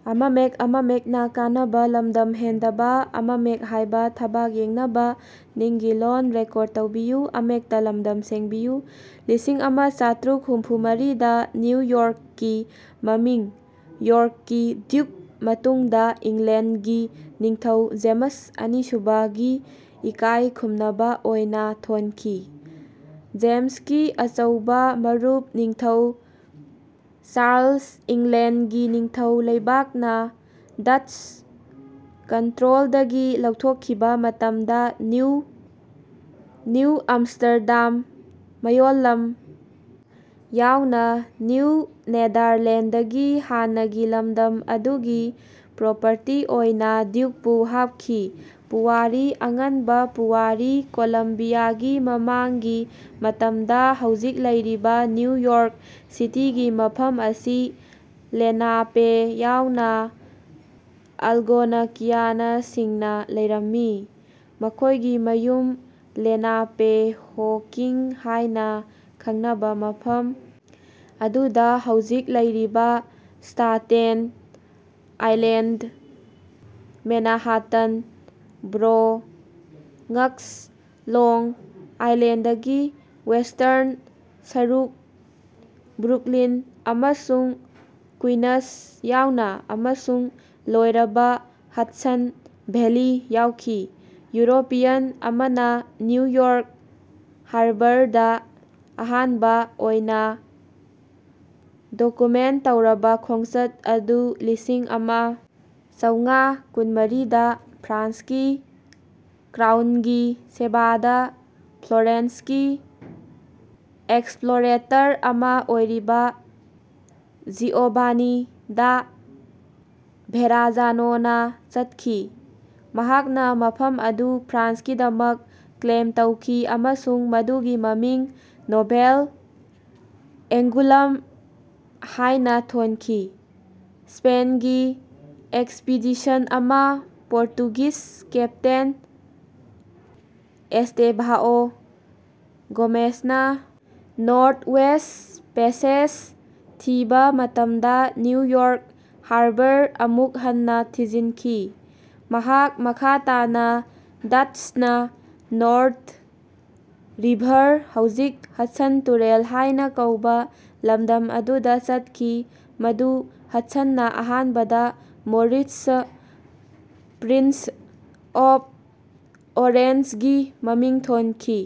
ꯂꯤꯁꯤꯡ ꯑꯃ ꯆꯥꯇ꯭ꯔꯨꯛ ꯍꯨꯝꯐꯨꯃꯔꯤꯗꯥ ꯅ꯭ꯌꯨ ꯌꯣꯔꯛꯀꯤ ꯃꯃꯤꯡ ꯌꯣꯔꯛꯀꯤ ꯗ꯭ꯌꯨꯛ ꯃꯇꯨꯡꯗꯥ ꯏꯪꯂꯦꯟꯗꯒꯤ ꯅꯤꯡꯊꯧ ꯖꯦꯃꯁ ꯑꯅꯤꯁꯨꯕꯥꯒꯤ ꯏꯀꯥꯏ ꯈꯨꯝꯅꯕꯥ ꯑꯣꯏꯅꯥ ꯊꯣꯟꯈꯤ꯫ ꯖꯦꯝꯁꯀꯤ ꯑꯆꯧꯕꯥ ꯃꯔꯨꯞ ꯅꯤꯡꯊꯧ ꯆꯥꯔꯂꯁ ꯏꯪꯂꯦꯟꯗꯒꯤ ꯅꯤꯡꯊꯧ ꯂꯩꯕꯥꯛꯅꯥ ꯗꯆ꯭ꯁ ꯀꯟꯇ꯭ꯔꯣꯜꯗꯒꯤ ꯂꯧꯊꯣꯛꯈꯤꯕꯥ ꯃꯇꯝꯗꯥ ꯅ꯭ꯌꯨ ꯅ꯭ꯌꯨ ꯑꯃꯃꯁ꯭ꯇꯔꯗꯥꯝ ꯃꯌꯣꯜꯂꯝ ꯌꯥꯎꯅꯥ ꯅ꯭ꯌꯨ ꯅꯦꯗꯥꯔꯂꯦꯟꯗꯒꯤ ꯍꯥꯟꯅꯒꯤ ꯂꯝꯗꯝ ꯑꯗꯨꯒꯤ ꯄ꯭ꯔꯣꯄꯔꯇꯤ ꯑꯣꯏꯅꯥ ꯗ꯭ꯌꯨꯛꯄꯨ ꯍꯥꯞꯈꯤ꯫ ꯄꯨꯋꯥꯔꯤ ꯑꯉꯟꯕ ꯄꯨꯋꯥꯔꯤ ꯀꯣꯂꯝꯕꯤꯌꯥꯒꯤ ꯃꯃꯥꯡꯒꯤ ꯃꯇꯝꯗꯥ ꯍꯧꯖꯤꯛ ꯂꯩꯔꯤꯕꯥ ꯅ꯭ꯌꯨ ꯌꯣꯔꯛ ꯁꯤꯇꯤꯒꯤ ꯃꯐꯝ ꯑꯁꯤ ꯂꯦꯅꯥꯄꯦ ꯌꯥꯎꯅꯥ ꯑꯜꯒꯣꯅꯀꯤꯌꯥꯅꯁꯤꯡꯅꯥ ꯂꯩꯔꯝꯃꯤ꯫ ꯃꯈꯣꯏꯒꯤ ꯃꯌꯨꯝ ꯂꯦꯅꯥꯄꯦꯍꯣꯀꯤꯡ ꯍꯥꯏꯅꯥ ꯈꯪꯅꯕꯥ ꯃꯐꯝ ꯑꯗꯨꯗꯥ ꯍꯧꯖꯤꯛ ꯂꯩꯔꯤꯕꯥ Staten Island Manhattan Bronx Long ꯑꯥꯏꯂꯦꯟꯗꯒꯤ ꯋꯦꯁ꯭ꯇꯔꯟ ꯁꯔꯨꯛ ꯕ꯭ꯔꯨꯛꯂꯤꯟ ꯑꯃꯁꯨꯡ ꯀꯨꯏꯅꯁ ꯌꯥꯎꯅꯥ ꯑꯃꯁꯨꯡ ꯂꯣꯏꯔꯕꯥ ꯍꯗꯁꯟ ꯚꯦꯂꯤ ꯌꯥꯎꯈꯤ꯫ ꯌꯨꯔꯣꯄꯤꯌꯟ ꯑꯃꯅꯥ ꯅ꯭ꯌꯨ ꯌꯣꯔꯛ ꯍꯥꯔꯕꯔꯗꯥ ꯑꯍꯥꯟꯕꯥ ꯑꯣꯏꯅꯥ ꯗꯣꯀꯨꯃꯦꯟꯠ ꯇꯧꯔꯕꯥ ꯈꯣꯡꯆꯠ ꯑꯗꯨ ꯂꯤꯁꯤꯡ ꯑꯃ ꯆꯧꯉꯥ ꯀꯨꯟꯃꯔꯤꯗꯥ ꯐ꯭ꯔꯥꯟꯁꯀꯤ ꯀ꯭ꯔꯥꯎꯟꯒꯤ ꯁꯦꯕꯥꯗꯥ ꯐ꯭ꯂꯣꯔꯦꯟꯁꯀꯤ ꯑꯦꯛꯁꯄ꯭ꯂꯣꯔꯦꯇꯔ ꯑꯃꯥ ꯑꯣꯏꯔꯤꯕꯥ ꯖꯤꯑꯣꯚꯥꯅꯤ ꯗꯥ ꯚꯦꯔꯥꯖꯥꯅꯣꯅꯥ ꯆꯠꯈꯤ꯫ ꯃꯍꯥꯛꯅꯥ ꯃꯐꯝ ꯑꯗꯨ ꯐ꯭ꯔꯥꯟꯁꯀꯤꯗꯃꯛ ꯀ꯭ꯂꯦꯝ ꯇꯧꯈꯤ ꯑꯃꯁꯨꯡ ꯃꯗꯨꯒꯤ ꯃꯃꯤꯡ ꯅꯣꯚꯦꯜ ꯑꯦꯡꯒꯨꯂꯝ ꯍꯥꯏꯅꯥ ꯊꯣꯟꯈꯤ꯫ ꯁ꯭ꯄꯦꯟꯒꯤ ꯑꯦꯛꯁꯄꯤꯗꯤꯁꯟ ꯑꯃꯥ ꯄꯣꯔꯇꯨꯒꯤꯖ ꯀꯦꯞꯇꯦꯟ ꯑꯦꯁ꯭ꯇꯦꯚꯥꯑꯣ ꯒꯣꯃꯦꯁꯅꯥ ꯅꯣꯔꯊꯋꯦꯁ꯭ꯠ ꯄꯦꯁꯦꯖ ꯊꯤꯕꯥ ꯃꯇꯝꯗꯥ ꯅ꯭ꯌꯨ ꯌꯣꯔꯛ ꯍꯥꯔꯕꯔ ꯑꯃꯨꯛ ꯍꯟꯅꯥ ꯊꯤꯖꯤꯟꯈꯤ꯫ ꯃꯍꯥꯛ ꯃꯈꯥ ꯇꯥꯅꯥ ꯗꯆ꯭ꯁꯅꯥ ꯅꯣꯔꯊ ꯔꯤꯚꯔ ꯍꯧꯖꯤꯛ ꯍꯗꯁꯟ ꯇꯨꯔꯦꯜ ꯍꯥꯏꯅꯥ ꯀꯧꯕꯥ ꯂꯝꯗꯝ ꯑꯗꯨꯗꯥ ꯆꯠꯈꯤ ꯃꯗꯨ ꯍꯗꯁꯟꯅꯥ ꯑꯍꯥꯟꯕꯗꯥ ꯃꯣꯔꯤꯁꯁ ꯄ꯭ꯔꯤꯟꯁ ꯑꯣꯐ ꯑꯣꯔꯦꯟꯖꯒꯤ ꯃꯃꯤꯡ ꯊꯣꯟꯈꯤ꯫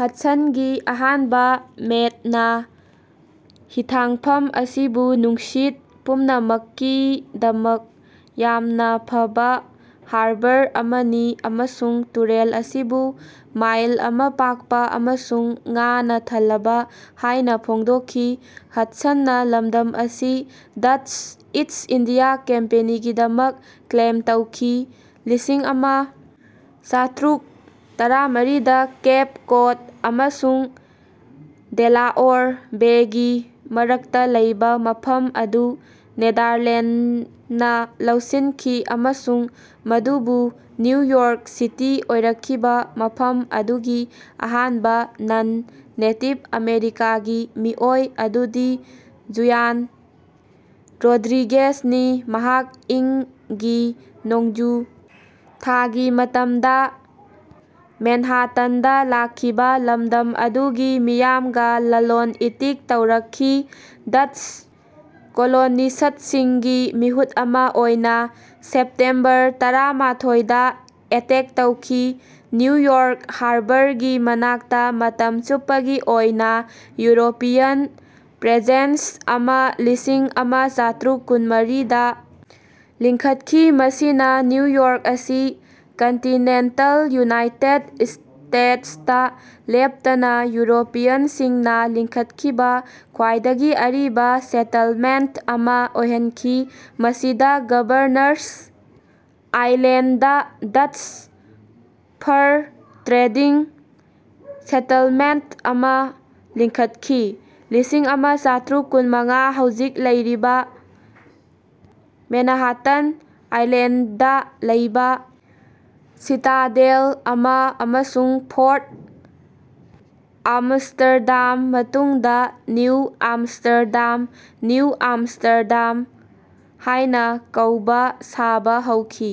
ꯍꯗꯁꯟꯒꯤ ꯑꯍꯥꯟꯕꯥ ꯃꯦꯠꯅꯥ ꯍꯤꯊꯥꯡꯐꯝ ꯑꯁꯤꯕꯨ ꯅꯨꯡꯁꯤꯠ ꯄꯨꯝꯅꯃꯛꯀꯤꯗꯃꯛ ꯌꯥꯝꯅꯥ ꯐꯕꯥ ꯍꯥꯔꯕꯔ ꯑꯃꯅꯤ ꯑꯃꯁꯨꯡ ꯇꯨꯔꯦꯜ ꯑꯁꯤꯕꯨ ꯃꯥꯏꯜ ꯑꯃꯥ ꯄꯥꯛꯄꯥ ꯑꯃꯁꯨꯡ ꯉꯥꯅꯥ ꯊꯜꯂꯕꯥ ꯍꯥꯏꯅꯥ ꯐꯣꯡꯗꯣꯛꯈꯤ꯫ ꯍꯗꯁꯟꯅꯥ ꯂꯝꯗꯝ ꯑꯁꯤ ꯗꯆ꯭ꯁ ꯏꯁ꯭ꯠ ꯏꯟꯗꯤꯌꯥ ꯀꯝꯄꯦꯅꯤꯒꯤꯗꯃꯛ ꯀ꯭ꯂꯦꯝ ꯇꯧꯈꯤ꯫ ꯂꯤꯁꯤꯡ ꯑꯃ ꯆꯥꯇ꯭ꯔꯨꯛ ꯇꯔꯥꯃꯔꯤꯗ ꯀꯦꯞ ꯀꯣꯗ ꯑꯃꯁꯨꯡ ꯗꯦꯂꯥꯑꯣꯔ ꯕꯦꯒꯤ ꯃꯔꯛꯇꯥ ꯂꯩꯕꯥ ꯃꯐꯝ ꯑꯗꯨ ꯅꯦꯗꯥꯔꯂꯦꯟꯗꯅꯥ ꯂꯧꯁꯤꯟꯈꯤ ꯑꯃꯁꯨꯡ ꯃꯗꯨꯕꯨ ꯅ꯭ꯌꯨ ꯌꯣꯔꯛ ꯁꯤꯇꯤ ꯑꯣꯏꯔꯛꯈꯤꯕꯥ ꯃꯐꯝ ꯑꯗꯨꯒꯤ ꯑꯍꯥꯟꯕꯥ ꯅꯟ ꯅꯦꯇꯤꯕ ꯑꯃꯦꯔꯤꯀꯥꯒꯤ ꯃꯤꯑꯣꯏ ꯑꯗꯨꯗꯤ ꯖꯨꯌꯥꯟ ꯔꯣꯗ꯭ꯔꯤꯒꯦꯖꯅꯤ ꯃꯍꯥꯛ ꯏꯪ ꯒꯤ ꯅꯣꯡꯖꯨ ꯊꯥꯒꯤ ꯃꯇꯝꯗꯥ ꯃꯦꯟꯍꯥꯇꯟꯗꯥ ꯂꯥꯛꯈꯤꯕꯥ ꯂꯝꯗꯝ ꯑꯗꯨꯒꯤ ꯃꯤꯌꯥꯝꯒꯥ ꯂꯂꯣꯟ ꯏꯇꯤꯛ ꯇꯧꯔꯛꯈꯤ ꯗꯆ꯭ꯁ ꯀꯣꯂꯣꯅꯤꯁ꯭ꯠꯁꯤꯡꯒꯤ ꯃꯤꯍꯨꯠ ꯑꯃꯥ ꯑꯣꯏꯅꯥ꯫ ꯁꯦꯞꯇꯦꯝꯕꯔ ꯇꯔꯥꯃꯥꯊꯣꯏꯗꯥ ꯑꯦꯇꯦꯛ ꯇꯧꯈꯤ꯫ ꯅ꯭ꯌꯨ ꯌꯣꯔꯛ ꯍꯥꯔꯕꯔꯒꯤ ꯃꯅꯥꯛꯇꯥ ꯃꯇꯝ ꯆꯨꯞꯄꯒꯤ ꯑꯣꯏꯅꯥ ꯌꯨꯔꯣꯄꯤꯌꯟ ꯄ꯭ꯔꯦꯖꯦꯟꯁ ꯑꯃꯥ ꯂꯤꯁꯤꯡ ꯑꯃ ꯆꯥꯇ꯭ꯔꯨꯛ ꯀꯨꯟꯃꯔꯤꯗꯥ ꯂꯤꯡꯈꯠꯈꯤ ꯃꯁꯤꯅꯥ ꯅ꯭ꯌꯨ ꯌꯣꯔꯛ ꯑꯁꯤ ꯀꯟꯇꯤꯅꯦꯟꯇꯜ ꯌꯨꯅꯥꯏꯇꯦꯗ ꯁ꯭ꯇꯦꯇꯁꯇꯥ ꯂꯦꯞꯇꯅꯥ ꯌꯨꯔꯣꯄꯤꯌꯟꯁꯤꯡꯅꯥ ꯂꯤꯡꯈꯠꯈꯤꯕꯥ ꯈ꯭ꯋꯥꯏꯗꯒꯤ ꯑꯔꯤꯕꯥ ꯁꯦꯇꯜꯃꯦꯟꯠ ꯑꯃꯥ ꯑꯣꯏꯍꯟꯈꯤ ꯃꯁꯤꯗꯥ ꯒꯚꯔꯅꯔꯁ ꯑꯥꯏꯂꯦꯟꯗꯗꯥ ꯗꯆ꯭ꯁ ꯐꯔ ꯇ꯭ꯔꯦꯗꯤꯡ ꯁꯦꯇꯜꯃꯦꯟꯇꯠꯑꯃꯥ ꯂꯤꯡꯈꯠꯈꯤ꯫ ꯂꯤꯁꯤꯡ ꯑꯃ ꯆꯥꯇ꯭ꯔꯨꯛ ꯀꯨꯟꯃꯉꯥ ꯍꯧꯖꯤꯛ ꯂꯩꯔꯤꯕꯥ ꯃꯦꯅꯍꯥꯇꯟ ꯑꯥꯏꯂꯦꯟꯗꯗꯥ ꯂꯩꯕꯥ ꯁꯤꯇꯥꯗꯦꯜ ꯑꯃꯥ ꯑꯃꯁꯨꯡ ꯐꯣꯔꯠ ꯑꯃꯃꯁ꯭ꯇꯔꯗꯥꯝ ꯃꯇꯨꯡꯗꯥ ꯅꯤꯎ ꯑꯦꯝꯁ꯭ꯇꯔꯗꯥꯝ ꯅ꯭ꯌꯨ ꯑꯃꯃꯁ꯭ꯇꯔꯗꯥꯝ ꯍꯥꯏꯅꯥ ꯀꯧꯕꯥ ꯁꯥꯕꯥ ꯍꯧꯈꯤ꯫